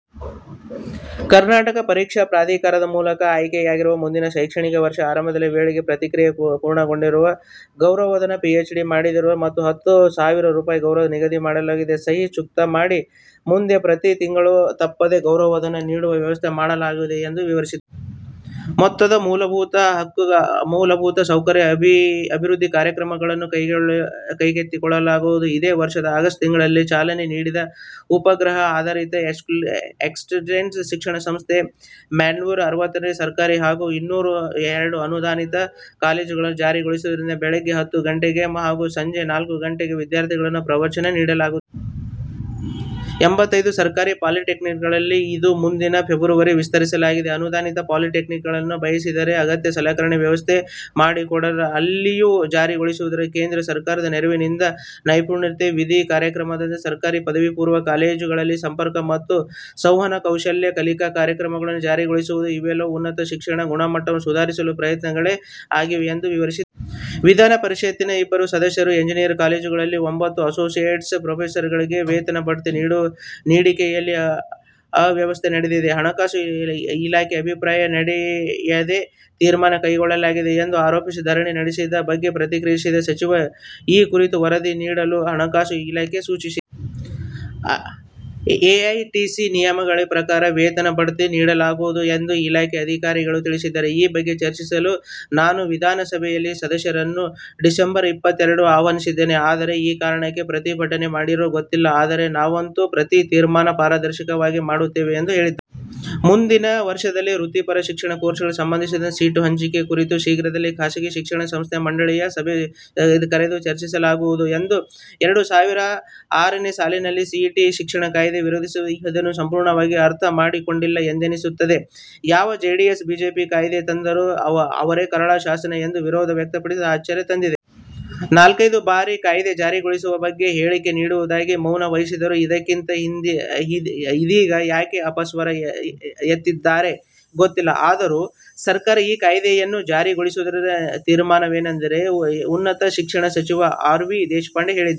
ಕರ್ನಾಟಕ ಪರೀಕ್ಷಾ ಪ್ರಾಧಿಕಾರದ ಮೂಲಕ ಆಯ್ಕೆ ನಡೆಯಲಿದ್ದು, ಮುಂದಿನ ಶೈಕ್ಷಣಿಕ ವರ್ಷ ಆರಂಭದ ವೇಳೆಗೆ ಪ್ರಕ್ರಿಯೆ ಪೂರ್ಣಗೊಳ್ಳಲಿದೆ. ಗೌರವಧನ, ಪಿಎಚ್‌ಡಿ ಮಾಡಿದ್ದರೆ ಹತ್ತು ಸಾವಿರ ಗೌರವಧನ ನಿಗದಿ ಮಾಡಲಾಗಿದೆ. ಸಹಿ ಚುಕ್ತಾ ಮಾಡಿ ಮುಂದೆ ಪ್ರತಿ ತಿಂಗಳು ತಪ್ಪದೆ ಗೌರವಧನ ನೀಡುವ ವ್ಯವಸ್ಥೆ ಮಾಡಲಾಗಿದೆ ಎಂದು ವಿವರಿಸಿದರು. ಮೊತ್ತದ ಮೂಲಭೂತ ಸೌಕರ್ಯ ಅಭಿವೃದ್ಧಿ ಕಾಮಗಾರಿಗಳನ್ನು ಕೈಗೊಳ್ಳಲಾಗಿದೆ. ಇದೇ ವರ್ಷದ ಆಗಸ್ಟ್ ತಿಂಗಳಲ್ಲಿ ಚಾಲನೆ ನೀಡಿದ ಉಪಗ್ರಹ ಆಧಾರಿತ ಎಜುಸ್ಯಾಟ್ ಶಿಕ್ಷಣ ವ್ಯವಸ್ಥೆ ಮುನ್ನೂರ ಅರವತ್ತೆರಡು ಸರ್ಕಾರಿ ಹಾಗೂ ಮುನ್ನೂರ ಎರಡು ಅನುದಾನಿತ ಕಾಲೇಜುಗಳಲ್ಲಿ ಜಾರಿಯಲ್ಲಿದೆ. ಬೆಳಗ್ಗೆ ಹತ್ತು ಗಂಟೆ ಹಾಗೂ ಸಂಜೆ ನಾಲ್ಕು ಗಂಟೆಗೆ ವಿದ್ಯಾರ್ಥಿಗಳಿಗೆ ಪ್ರವಚನ ನೀಡಲಾಗುತ್ತಿದೆ. ಎಂಬತ್ತೊಂದು ಸರ್ಕಾರಿ ಪಾಲಿಟೆಕ್ನಿಕ್‌ಗಳಿಗೂ ಇದು ಮುಂದಿನ ಫೆಬ್ರವರಿಯಿಂದ ವಿಸ್ತರಣೆಯಾಗಲಿದೆ. ಅನುದಾನಿತ ಪಾಲಿಟೆಕ್ನಿಕ್‌ಗಳು ಬಯಸಿದರೆ ಅಗತ್ಯ ಸಲಕರಣೆ ವ್ಯವಸ್ಥೆ ಮಾಡಿಕೊಂಡರೆ ಅಲ್ಲಿಯೂ ಜಾರಿಗೊಳಿಸಲಾಗುವುದು. ಕೇಂದ್ರ ಸರ್ಕಾರದ ನೆರವಿನೊಂದಿಗೆ ನೈಪುಣ್ಯ ನಿಧಿ ಕಾರ್ಯಕ್ರಮದಡಿ ಸರ್ಕಾರಿ ಪದವಿ ಕಾಲೇಜುಗಳಲ್ಲಿ ಸಂಪರ್ಕ ಮತ್ತು ಸಂವಹನ ಕೌಶಲ್ಯ ಕಲಿಕೆ ಕಾರ್ಯಕ್ರಮವೂ ಜಾರಿಗೊಳಿಸಲಾಗುವುದು. ಇವೆಲ್ಲವೂ ಉನ್ನತ ಶಿಕ್ಷಣ ಗುಣಮಟ್ಟ ಸುಧಾರಣೆ ಪ್ರಯತ್ನಗಳೇ ಆಗಿವೆ ಎಂದು ವಿವರಿಸಿದರು. ವಿಧಾನ ಪರಿಷತ್ತಿನ ಇಬ್ಬರು ಸದಸ್ಯರು ಎಂಜಿನಿಯರಿಂಗ್ ಕಾಲೇಜುಗಳಲ್ಲಿನ ತೊಂಬತ್ತು ಅಸೋಸಿಯೇಟ್ ಪ್ರೊಫೆಸರ್‌ಗಳಿಗೆ ವೇತನ ಬಡ್ತಿ ನೀಡಿಕೆಯಲ್ಲಿ ಅವ್ಯವಹಾರ ನಡೆದಿದೆ. ಹಣಕಾಸು ಇಲಾಖೆ ಅಭಿಪ್ರಾಯ ಪಡೆಯದೆ ತೀರ್ಮಾನ ಕೈಗೊಳ್ಳಲಾಗಿದೆ ಎಂದು ಆರೋಪಿಸಿ ಧರಣಿ ನಡೆಸಿದ ಬಗ್ಗೆ ಪ್ರತಿಕ್ರಿಯಿಸಿದ ಸಚಿವರು, ಈ ಕುರಿತು ವರದಿ ನೀಡಲು ಹಣಕಾಸು ಇಲಾಖೆಗೆ ಸೂಚಿಸಲಾಗಿದೆ. ಎಐಸಿಟಿ ನಿಯಮಾವಳಿ ಪ್ರಕಾರವೇ ವೇತನ ಬಡ್ತಿ ನೀಡಲಾಗಿದೆ ಎಂದು ಇಲಾಖೆ ಅಧಿಕಾರಿಗಳು ತಿಳಿಸಿದ್ದಾರೆ. ಈ ಬಗ್ಗೆ ಚರ್ಚಿಸಲು ನಾನು ವಿಧಾನ ಪರಿಷತ್ ಸದಸ್ಯರನ್ನು ಡಿಸೆಂಬರ್ ಇಪ್ಪತ್ತರಂದು ಆಹ್ವಾನಿಸಿದ್ದೆ. ಆದರೆ, ಯಾವ ಕಾರಣಕ್ಕೆ ಪ್ರತಿಭಟನೆ ಮಾಡಿದರೋ ಗೊತ್ತಿಲ್ಲ. ಆದರೆ, ನಾವಂತೂ ಪ್ರತಿ ತೀರ್ಮಾನ ಪಾರದರ್ಶಕವಾಗಿಯೇ ಮಾಡುತ್ತಿದ್ದೇವೆ ಎಂದು ಹೇಳಿದರು. ಮುಂದಿನ ವರ್ಷದ ವೃತ್ತಿ ಶಿಕ್ಷಣ ಕೋರ್ಸ್‌ಗಳಿಗೆ ಸಂಬಂಧಿಸಿದಂತೆ ಸೀಟು ಹಂಚಿಕೆ ಕುರಿತು ಶೀಘ್ರದಲ್ಲೇ ಖಾಸಗಿ ಶಿಕ್ಷಣ ಆಡಳಿತ ಮಂಡಳಿಗಳ ಸಭೆ ಕರೆದು ಚರ್ಚಿಸಲಾಗುವುದು. ಎರಡು ಸಾವಿರದ ಆರನೇ ಸಾಲಿನ ಸಿಇಟಿ ಶಿಕ್ಷಣ ಕಾಯ್ದೆ ವಿರೋಧಿಸಿದವರು ಅದನ್ನು ಸಂಪೂರ್ಣವಾಗಿ ಅರ್ಥ ಮಾಡಿಕೊಂಡಿಲ್ಲ ಎಂದೆನಿಸುತ್ತದೆ. ಯಾವ ಜೆಡಿಎಸ್-ಬಿಜೆಪಿಯವರು ಕಾಯ್ದೆ ತಂದರೋ ಅವರೇ ಕರಾಳ ಶಾಸನ ಎಂದು ವಿರೋಧ ವ್ಯಕ್ತಪಡಿಸಿದ್ದು ಆಶ್ಚರ್ಯ ತಂದಿತು. ನಾಲ್ಕೈದು ಬಾರಿ ಕಾಯ್ದೆ ಜಾರಿಗೊಳಿಸುವ ಬಗ್ಗೆ ಹೇಳಿಕೆ ನೀಡಿದಾಗಲೂ ಮೌನವಹಿಸಿದ್ದವರು ಇದ್ದಕ್ಕಿದ್ದಂತೆ ಇದೀಗ ಯಾಕೆ ಅಪಸ್ವರ ಎತ್ತಿದರೋ ಗೊತ್ತಿಲ್ಲ. ಆದರೂ ಸರ್ಕಾರ ಆ ಕಾಯ್ದೆಯನ್ನು ಈ ವರ್ಷ ಜಾರಿಗೊಳಿಸದಿರಲು ತೀರ್ಮಾನಿಸಿದೆ ಎಂದು ಉನ್ನತ ಶಿಕ್ಷಣ ಸಚಿವ ಆರ್. ವಿ. ದೇಶಪಾಂಡೆ ಹೇಳಿದರು.